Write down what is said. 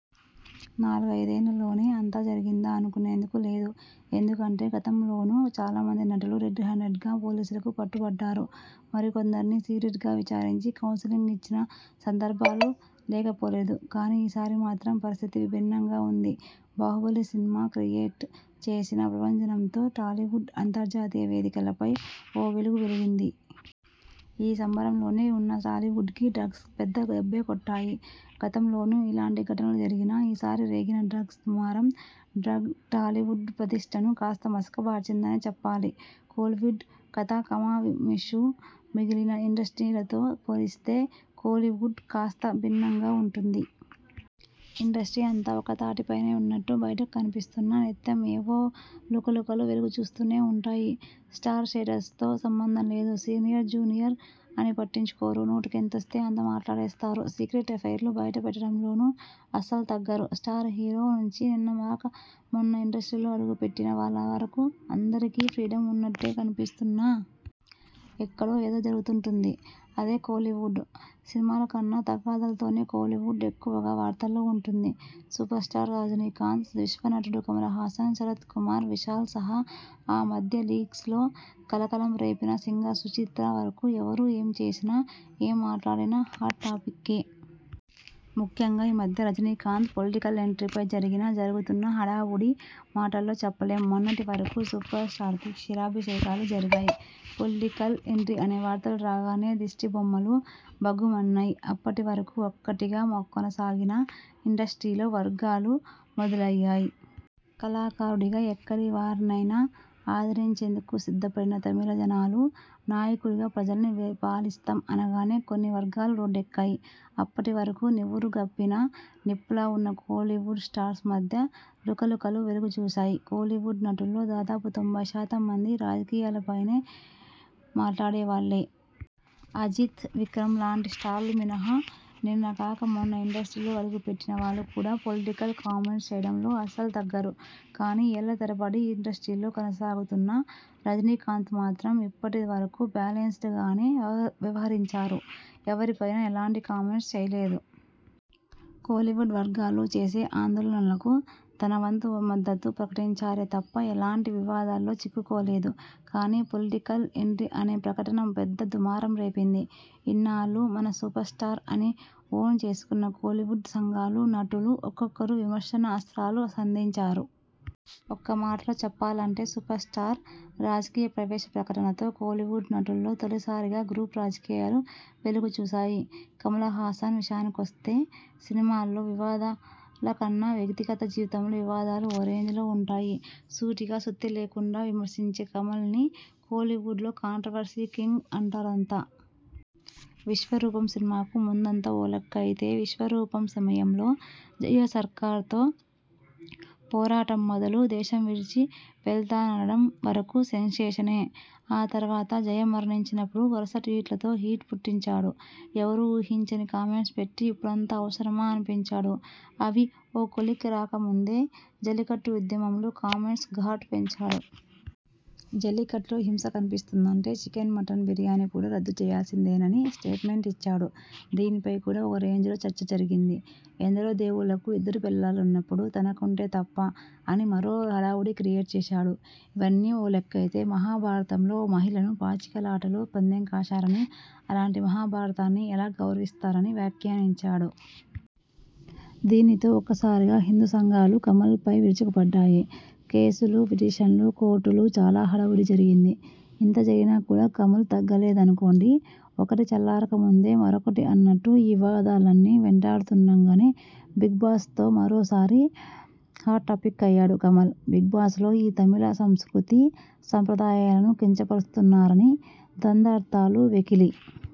నాలుగైదేళ్ల లోనే అంతా జరిగిందా అనుకునేందుకు లేదు. ఎందుకంటే గతంలోనూ చాలామంది నటులు రెడ్ హ్యాండెడ్గా పోలీసులకు పట్టుబడ్డారు. మరికొందర్ని సీక్రెట్గా విచారించి కౌన్సిలింగ్ ఇచ్చిన సందర్భాలూ లేకపోలేదు. కానీ ఈ సారి మాత్రం పరిస్థితి భిన్నంగా ఉంది. బాహుబలి సినిమా క్రియేట్ చేసిన ప్రభంజనంతో టాలీవుడ్ అంతర్జాతీయ వేదికలపై ఓ వెలుగు వెలిగింది. ఆ సంబరం లోనే ఉన్న టాలీవుడ్కి డ్రగ్స్ పెద్ద దెబ్బే కొట్టాయి. గతంలోనూ ఇలాంటి ఘటనలు జరిగినా ఈ సారి రేగిన డ్రగ్స్ దుమారం టాలీవుడ్ ప్రతిష్టను కాస్త మసక బార్చిందనే చెప్పాలి. కోలీవుడ్ కథా కమామిషు మిగిలిన ఇండస్ట్రీలతో పోలిస్తే కోలీవుడ్ కాస్త భిన్నంగా ఉంటుంది. ఇండస్ట్రీ అంతా ఒక్కతాటి పైనే ఉన్నట్టు బయటకు కనిపిస్తున్నా నిత్యం ఏవో లుకలుకలు వెలుగు చూస్తూనే ఉంటాయి. స్టార్ స్టేటస్తో సంబంధం లేదు. సీనియర్-జూనియర్ అని పట్టించుకోరు. నోటికెంతొస్తే అంతా మాట్లాడేస్తారు. సీక్రెట్ ఎఫైర్లు బయట పెట్టడంలోనూ అస్సలు తగ్గరు. స్టార్ హీరో నుంచి నిన్న గాక మొన్న ఇండస్ట్రీలో అడుగు పెట్టిన వాళ్ల వరకూ అందరికీ ఫ్రీడమ్ ఉన్నట్టే కనిపిస్తున్నా.. ఎక్కడో ఏదో జరుగుతుంటుంది అదే కోలీవుడ్. సినిమాల కన్నా తగాదాలతోనే కోలీవుడ్ ఎక్కువగా వార్తల్లో ఉంటుంది. సూపర్ స్టార్ రజినీకాంత్, విశ్వనటుడు కమల్ హాసన్, శరత్ కుమార్, విశాల్ సహా ఆ మధ్య లీక్స్ లో కలకలం రేపిన సింగర్ సుచిత్ర వరకూ ఎవరు ఏం చేసినా, ఏం మాట్లాడినా హాట్ టాపిక్కే! ముఖ్యంగా ఈ మధ్య రజినీకాంత్ పొలిటికల్ ఎంట్రీ పై జరిగిన, జరుగుతున్న హడావుడి మాటల్లో చెప్పలేం. మొన్నటి వరకూ సూపర్ స్టార్కి క్షీరాభిషేకాలు జరిగాయ్. పొలిటికల్ ఎంట్రీ అనే వార్తలు రాగానే దిష్టి బొమ్మలు భగ్గుమన్నాయ్. అప్పటి వరకూ ఒక్కటిగా కొనసాగిన ఇండస్ట్రీలో వర్గాలు మొదలయ్యాయి. కళాకారుడిగా ఎక్కడి వారినైనా ఆదిరించేందుకు సిద్ధపడిన తమిళజనాలు, నాయకుడిగా ప్రజల్ని పాలిస్తాం అనగానే కొన్ని వర్గాలు రోడ్డెక్కాయ్. అప్పటి వరకూ నివురు గప్పిన నిప్పులా ఉన్న కోలీవుడ్ స్టార్స్ మధ్య లుకలుకలు వెలుగుచూశాయి. కోలీవుడ్ నటుల్లో దాదాపు తొంభై శాతం మంది రాజకీయాలపై మాట్లాడే వాళ్లే. అజిత్, విక్రమ్ లాంటి స్టార్లు మినహా నిన్న గాక మొన్న ఇండస్ట్రీలో అడుగుపెట్టిన వాళ్లు కూడా పొలిటికల్ కామెంట్స్ చేయడంలో అస్సలు తగ్గరు. కానీ ఏళ్ల తరబడి ఇండస్ట్రీలో కొనసాగుతున్న రజినీకాంత్ మాత్రం ఇప్పటి వరకూ బ్యాలెన్సెడ్ గానే వ్యవహించారు. ఎవ్వరి పైనా ఎలాంటి కామెంట్స్ చేయలేదు. కోలీవుడ్ వర్గాలు చేసే ఆందోళనలకు తన వంతు మద్దకు ప్రకటించారే తప్ప ఎలాంటి వివాదాల్లో చిక్కుకోలేదు. కానీ పొలిటికల్ ఎంట్రీ అనే ప్రకటన పెద్ద దుమారం రేపింది. ఇన్నాళ్లూ మన సూపర్ స్టార్ అని ఓన్ చేసుకున్న కోలీవుడ్ సంఘాలు, నటులు ఒక్కొక్కరు విమర్శన అస్త్రాలు సంధించారు. ఒక్కమాటలో చెప్పాలంటే సూపర్ స్టార్ రాజకీయ ప్రవేశ ప్రకటనతో కోలీవుడ్ నటుల్లో తొలిసారిగా గ్రూప్ రాజకీయాలు వెలుగు చూశాయి. కమల్ హాసన్ విషయానికొస్తే సినిమాల్లో వివాదాల కన్నా వ్యక్తిగత జీవితంలో వివాదాలు ఓ రేంజ్లో ఉంటాయి. సూటిగా సుత్తిలేకుండా విమర్శించే కమల్ని కోలీవుడ్లో కాంట్రవర్సీ కింగ్ అంటారంతా. విశ్వరూపం సినిమాకు ముందంతా ఓ లెక్క అయితే విశ్వరూపం సమయంలో జయ సర్కార్తో పోరాటం మొదలు దేశం విడిచి వెళతాననడం వరకూ సెన్షేషనే. ఆ తర్వాత జయ మరణించినప్పుడు వరుస ట్వీట్లతో హీట్ పుట్టించాడు. ఎవ్వరూ ఊహించని కామెంట్స్ పెట్టి ఇప్పుడంత అవసరమా అనిపించాడు. అవి ఓ కొలిక్కి రాకముందే జల్లికట్టు ఉద్యమంలో కామెంట్స్ ఘాట్ పెంచాడు. జల్లికట్టులో హింస కనిపిస్తుందంటే చికెన్, మటన్ బిర్యానీ కూడా రద్దు చేయాల్సిందేనని స్టేట్మెంట్ ఇచ్చాడు. దీనిపై కూడా ఓ రేంజ్లో చర్చ జరిగింది. ఎందరో దేవుళ్లకు ఇద్దరు పెళ్లాలున్నప్పుడు తనకుంటే తప్పా? అని మరో హడావుడి క్రియేట్ చేశాడు. ఇవన్నీ ఓ లెక్కైతే మహాభారతంలో ఓ మహిళను పాచికలాటలో పందెం కాశారని, అలాంటి మహాభారతాన్ని ఎలా గౌరవిస్తారని వ్యాఖ్యానించాడు. దీనితో ఒక్కసారిగా హిందూ సంఘాలు కమల్ పై విరుచుకు పడ్డాయి. కేసులు, పిటిషన్లు, కోర్టులు చాలా హడావుడి జరిగింది. ఇంత జరిగినా కూడా కమల్ తగ్గలేదనుకోండి! ఒకటి చల్లారక ముందే మరొకటి అన్నట్టు ఈ వివాదాలన్నీ వెంటాడుతుండగానే బిగ్ బాస్ తో మరోసారి హాట్ టాపిక్ అయ్యాడు కమల్. బిగ్ బాస్ లో తమిళ సంస్కృతి, సంప్రదాయాలను కించపరుస్తున్నారని, ద్వంద్వార్థాలు, వెకిలి